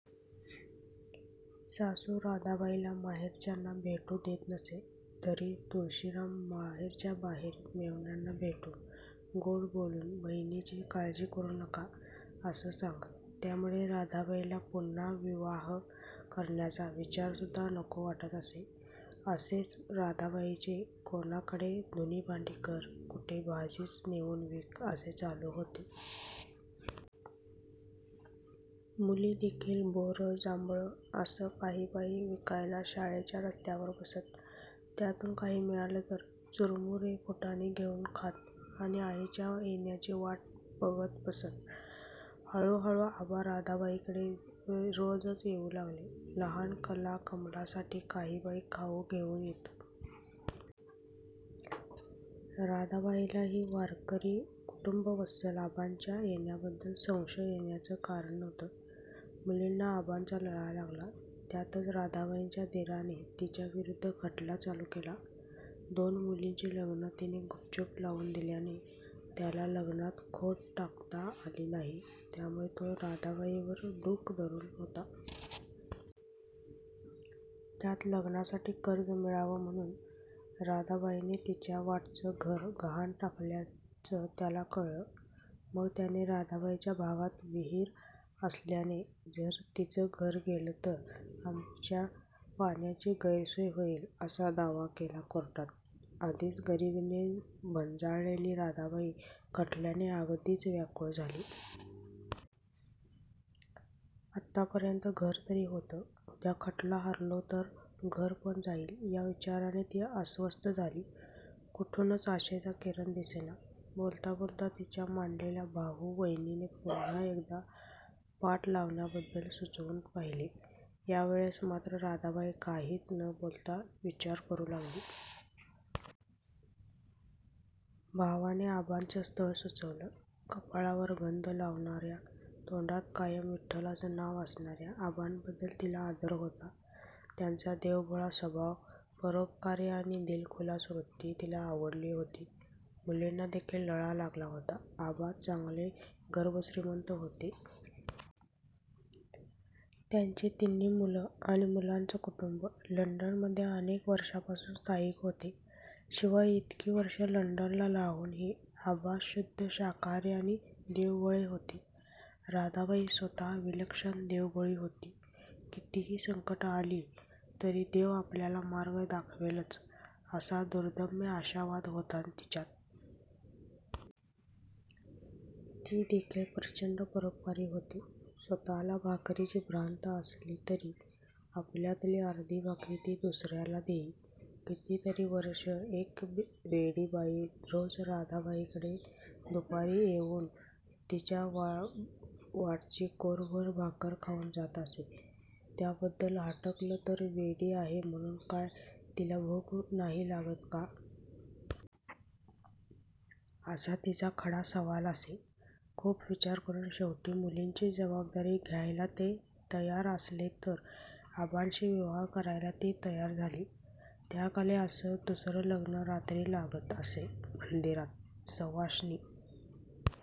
सासू राधाबाईला माहेरच्यांना भेटू देत नसे तरी तुळशीराम बाहेरच्या बाहेर मेव्हण्यांना भेटून, गोड बोलून "बहिणीची काळजी करू नका", असं सांगत. त्यामुळे राधाबाईला पुन्हा विवाह करण्याचा विचारसुद्धा नको वाटत असे. असेच राधाबाईचे कोणाकडे धुणी-भांडी कर, कुठे भाजीच नेऊन विक, असे चालू होते. मुली देखील बोरं- जांभळं असं काहीबाही विकायला शाळेच्या रस्त्यावर बसत. त्यातून काही मिळालं तर चुरमुरे फुटाणे घेऊन खात आणि आईच्या येण्याची वाट बघत बसत. हळू हळू आबा राधाबाईकडे रोजच येऊ लागले. लहान कला-कमला साठी काहीबाही खाऊ घेऊन येत. राधाबाईलाही वारकरी, कुटुंबवत्सल आबांच्या येण्याबद्दल संशय येण्याचं कारण नव्हतं. मुलींना आबांचा लळा लागला. त्यातच राधाबाईच्या दिराने तिच्याविरुद्ध खटला चालू केला. दोन मुलींची लग्न तिने गुपचूप लावून दिल्याने त्याला लग्नात खोड काढता आली नाही, त्यामुळे तो राधाबाईवर डूख धरून होता. त्यात लग्नासाठी कर्ज मिळावं म्हणून राधाबाईने तिच्या वाटचं घर गहाण टाकल्याचं त्याला कळलं. मग त्याने राधाबाईच्या भागात विहीर असल्याने जर तिचं घर गेलं तर आमची पाण्याची गैरसोय होईल, असा दावा केला कोर्टात. आधीच गरिबीने भंजाळलेली राधाबाई खटल्याने अगदीच व्याकुळ झाली. आतापर्यंत घर तरी होतं. उद्या खटला हरलो तर घर पण जाईल, या विचाराने ती अस्वस्थ झाली. कुठूनच आशेचा किरण दिसेना. बोलता बोलता तिच्या मानलेल्या भाऊ-वाहिनीने पुन्हा एकदा पाट लावण्याबद्दल सुचवून पहिले. यावेळेस मात्र राधाबाई काहीच न बोलता विचार करू लागली. भावाने आबांचं स्थळ सुचवलं. कपाळावर गंध लावणाऱ्या, तोंडात कायम विठ्ठलाचं नाव असणाऱ्या आबांबद्दल तिला आदर होता. त्यांचा देवभोळा स्वभाव, परोपकारी आणि दिलखुलास वृत्ती तिला आवडली होती. मुलींना देखील लळा लागला होता. आबा चांगले गर्भश्रीमंत होते. त्यांचे तिन्ही मुलं आणि मुलांचं कुटुंब लंडन मध्ये अनेक वर्षांपासून स्थायिक होते. शिवाय इतकी वर्षं लंडनला राहूनही आबा शुद्ध शाकाहारी आणि देवभोळे होते. राधाबाई स्वतः विलक्षण देवभोळी होती. कितीही संकटं आली तरी देव आपल्याला मार्ग दाखवेलच, असा दुर्दम्य आशावाद होता तिच्यात. ती देखील प्रचंड परोपकारी होती. स्वतःला भाकरीची भ्रांत असली तरी आपल्यातली अर्धी भाकरी ती दुसऱ्याला देई. कितीतरी वर्षं एक वेडी बाई रोज राधाबाईकडे दुपारी येऊन तिच्या वाटची कोरभर भाकर खाऊन जात असे. त्याबद्दल हटकलं तर 'वेडी आहे म्हणून काय तिला भूक नाही लागत का? " असा तिचा खडा सवाल असे. खूप विचार करून शेवटी मुलींची जबाबदारी घ्यायला ते तयार असले, तर आबांशी विवाह करायला ती तयार झाली. त्याकाळी असं दुसरं लग्न रात्री लागत असे मंदिरांत. सवाष्णी